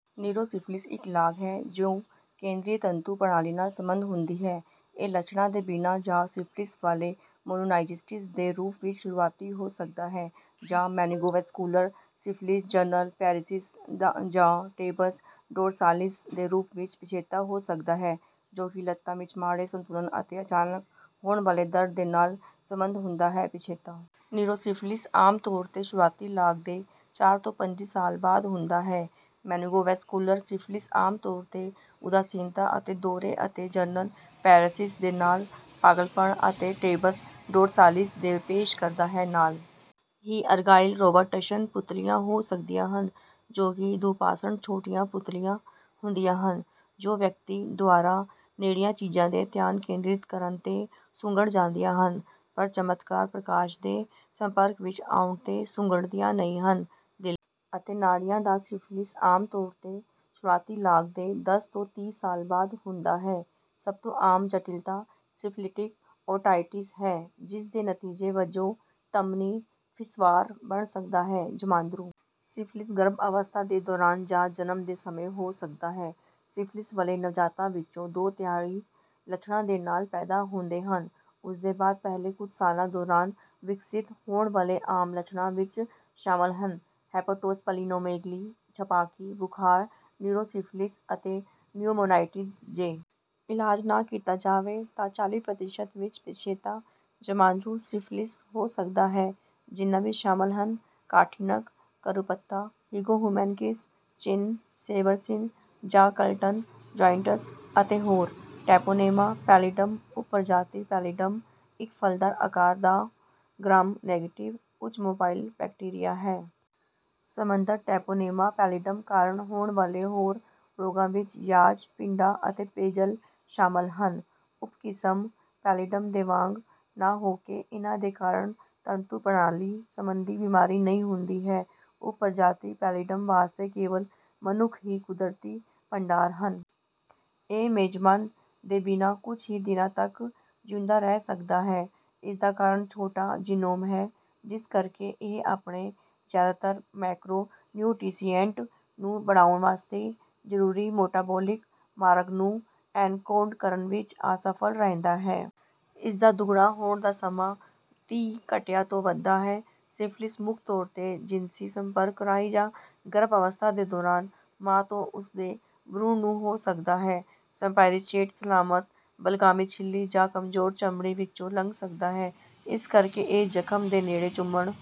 Neurosyphilis ਇੱਕ ਲਾਗ ਹੈ, ਜੋ ਕੇਂਦਰੀ ਤੰਤੂ ਪ੍ਰਣਾਲੀ ਨਾਲ ਸਬੰਧ ਹੁੰਦੀ ਹੈ। ਇਹ ਲੱਛਣਾਂ ਦੇ ਬਿਨਾਂ ਜਾਂ ਸਿਫਿਲਿਸ ਵਾਲੇ ਮੋਨੋਨਾਈਜਿਸਟਿਸ ਦੇ ਰੂਪ ਵਿੱਚ ਸ਼ੁਰੂਆਤੀ ਹੋ ਸਕਦਾ ਹੈ, ਜਾਂ ਮੈਨਗੋਵੈਸਕੁਲਰ ਸਿਫਿਲਿਸ, ਜਨਰਲ ਪੈਰਿਸਿਸ, ਜਾਂ ਟੇਬਸ ਡੋਰਸਾਲਿਸ ਦੇ ਰੂਪ ਵਿੱਚ ਪਿਛੇਤਾ ਹੋ ਸਕਦਾ ਹੈ, ਜੋ ਕਿ ਲੱਤਾਂ ਵਿੱਚ ਮਾੜੇ ਸੰਤੁਲਨ ਅਤੇ ਅਚਾਨਕ ਹੋਣ ਵਾਲੇ ਦਰਦ ਦੇ ਨਾਲ ਸਬੰਧ ਹੁੰਦਾ ਹੈ। ਪਿਛੇਤਾ ਨਿਊਰੋਸਿਫਿਲਿਸ ਆਮ ਤੌਰ 'ਤੇ ਸ਼ੁਰੂਆਤੀ ਲਾਗ ਦੇ ਚਾਰ ਤੋਂ ਪੰਜੀ ਸਾਲ ਬਾਅਦ ਹੁੰਦਾ ਹੈ। ਮੈਨਗੋਵੈਸਕੁਲਰ ਸਿਫਿਲਿਸ ਆਮ ਤੌਰ 'ਤੇ ਉਦਾਸੀਨਤਾ ਅਤੇ ਦੌਰੇ, ਅਤੇ ਜਨਰਲ ਪੈਰਿਸਿਸ ਦੇ ਨਾਲ ਪਾਗਲਪਣ ਅਤੇ ਟੇਬਸ ਡੋਰਸਾਲਿਸ ਦੇ ਪੇਸ਼ ਕਰਦਾ ਹੈ। ਨਾਲ ਹੀ, ਅਰਗਾਈਲ ਰੋਬਰਟਸਨ ਪੁਤਲੀਆਂ ਹੋ ਸਕਦੀਆਂ ਹਨ, ਜੋ ਕਿ ਦੁਪਾਸੜ ਛੋਟੀਆਂ ਪੁਤਲੀਆਂ ਹੁੰਦੀਆਂ ਹਨ, ਜੋ ਵਿਅਕਤੀ ਦੁਆਰਾ ਨੇੜੀਆਂ ਚੀਜ਼ਾਂ ਦੇ ਧਿਆਨ ਕੇਂਦ੍ਰਿਤ ਕਰਨ 'ਤੇ ਸੁੰਗੜ ਜਾਂਦੀਆਂ ਹਨ, ਪਰ ਚਮਤਕਾਰ ਪ੍ਰਕਾਸ਼ ਦੇ ਸੰਪਰਕ ਵਿੱਚ ਆਉਣ 'ਤੇ ਸੁੰਗੜਦੀਆਂ ਨਹੀਂ ਹਨ। ਦਿਲ ਅਤੇ ਨਾੜੀਆਂ ਦਾ ਸਿਫਿਲਿਸ ਆਮ ਤੌਰ 'ਤੇ ਸ਼ੁਰੂਆਤੀ ਲਾਗ ਦੇ ਦਸ ਤੋਂ ਤੀਹ ਸਾਲ ਬਾਅਦ ਹੁੰਦਾ ਹੈ। ਸਭ ਤੋਂ ਆਮ ਜਟਿਲਤਾ ਸੀਫਲਿਟਿਕ ਔਰਟਾਈਟਿਸ ਹੈ, ਜਿਸ ਦੇ ਨਤੀਜੇ ਵਜੋਂ ਧਮਨੀ ਵਿਸਫਾਰ ਬਣ ਸਕਦਾ ਹੈ। ਜਮਾਂਦਰੂ ਸਿਫਿਲਿਸ ਗਰਭ-ਅਵਸਥਾ ਦੇ ਦੌਰਾਨ ਜਾਂ ਜਨਮ ਦੇ ਸਮੇਂ ਹੋ ਸਕਦਾ ਹੈ। ਸਿਫਿਲਿਸ ਵਾਲੇ ਨਵਜਾਤਾਂ ਵਿੱਚੋਂ ਦੋ-ਤਿਹਾਈ ਲੱਛਣਾਂ ਦੇ ਨਾਲ ਪੈਦਾ ਹੁੰਦੇ ਹਨ। ਉਸ ਦੇ ਬਾਅਦ ਪਹਿਲੇ ਕੁਝ ਸਾਲਾਂ ਦੌਰਾਨ ਵਿਕਸਿਤ ਹੋਣ ਵਾਲੇ ਆਮ ਲੱਛਣਾਂ ਵਿੱਚ ਸ਼ਾਮਲ ਹਨ: ਹੈਪਾਟੋਸਪਲੀਨੋਮੇਗਲੀ, ਛਪਾਕੀ, ਬੁਖ਼ਾਰ, ਨਿਊਰੋਸਿਫਿਲਿਸ ਅਤੇ ਨਿਊਮੋਨਾਈਟਿਸ। ਜੇ ਇਲਾਜ ਨਾ ਕੀਤਾ ਜਾਵੇ, ਤਾਂ ਚਾਲੀ ਪ੍ਰਤੀਸ਼ਤ ਵਿੱਚ ਪਿਛੇਤਾ ਜਮਾਂਦਰੂ ਸਿਫਿਲਿਸ ਹੋ ਸਕਦਾ ਹੈ, ਜਿਨ੍ਹਾਂ ਵਿੱਚ ਸ਼ਾਮਲ ਹਨ: ਕਾਠੀ ਨੱਕ ਕਰੂ ਪੱਤਾ, ਹਿਗੋਹੁਮੈਨਕਿਸ ਚਿੰਨ੍ਹ, ਸੇਬਰ ਸ਼ਿਨ, ਜਾਂ ਕਲਟਨ ਜੋਇਨਦ੍ਸ ਅਤੇ ਹੋਰ। ਟ੍ਰੇਪੋਨੇਮਾ ਪੈਲਿਡਮ ਉਪ-ਪ੍ਰਜਾਤੀ ਪੈਲਿਡਮ ਇੱਕ ਵੱਲਦਾਰ ਆਕਾਰ ਦਾ, ਗ੍ਰਾਮ-ਨੇਗੇਟਿਵ, ਉੱਚ ਮੋਬਾਈਲ ਬੈਕਟੀਰੀਆ ਹੈ। ਸਬੰਧਤ ਟੈਪੋਨੇਮਾ ਪੈਲਿਡਮ ਕਾਰਨ ਹੋਣ ਵਾਲੇ ਹੋਰ ਰੋਗਾਂ ਵਿੱਚ ਯਾਜ, ਪਿੰਡਾ ਅਤੇ ਬੇਜਲ ਸ਼ਾਮਲ ਹਨ। ਉਪ-ਕਿਸਮ ਪੈਲਿਡਮ ਦੇ ਵਾਂਗ ਨਾ ਹੋ ਕੇ, ਇਹਨਾਂ ਦੇ ਕਾਰਨ ਤੰਤੂ ਪ੍ਰਣਾਲੀ ਸਬੰਧੀ ਬਿਮਾਰੀ ਨਹੀਂ ਹੁੰਦੀ ਹੈ। ਉਪ-ਪ੍ਰਜਾਤੀ ਪੈਲਿਡਮ ਵਾਸਤੇ ਕੇਵਲ ਮਨੁੱਖ ਹੀ ਕੁਦਰਤੀ ਭੰਡਾਰ ਹਨ। ਇਹ ਮੇਜ਼ਬਾਨ ਦੇ ਬਿਨਾਂ ਕੁਝ ਹੀ ਦਿਨਾਂ ਤੱਕ ਜਿਉਂਦਾ ਰਹਿ ਸਕਦਾ ਹੈ। ਇਸ ਦਾ ਕਾਰਨ ਛੋਟਾ ਜਿਨੋਮ ਹੈ, ਜਿਸ ਕਰਕੇ ਇਹ ਆਪਣੇ ਜ਼ਿਆਦਾਤਰ ਮੈਕਰੋ-ਨਿਊਟੀਸੀਏਂਟ ਨੂੰ ਬਣਾਉਣ ਵਾਸਤੇ ਜ਼ਰੂਰੀ ਮੋਟਾਬੋਲਿਕ ਮਾਰਗ ਨੂੰ ਐਨਕੋਡ ਕਰਨ ਵਿੱਚ ਅਸਫਲ ਰਹਿੰਦਾ ਹੈ। ਇਸ ਦਾ ਦੁੱਗਣਾ ਹੋਣ ਦਾ ਸਮਾਂ ਤੀਹ ਘੰਟਿਆਂ ਤੋਂ ਵੱਧ ਦਾ ਹੈ। ਸਿਫਿਲਿਸ ਮੁੱਖ ਤੌਰ 'ਤੇ ਜਿਨਸੀ ਸੰਪਰਕ ਰਾਹੀਂ ਜਾਂ ਗਰਭ-ਅਵਸਥਾ ਦੇ ਦੌਰਾਨ ਮਾਂ ਤੋਂ ਉਸ ਦੇ ਬਰੂਣ ਨੂੰ ਹੋ ਸਕਦਾ ਹੈ। ਸਮਪਾਈਰੀਚੇਟ ਸਲਾਮਤ ਬਲਗਾਮੀ ਝਿੱਲੀ ਜਾਂ ਕਮਜ਼ੋਰ ਚਮੜੀ ਵਿੱਚੋਂ ਲੰਘ ਸਕਦਾ ਹੈ। ਇਸ ਕਰਕੇ ਇਹ ਜਖਮ ਦੇ ਨੇੜੇ ਚੁੰਮਣ...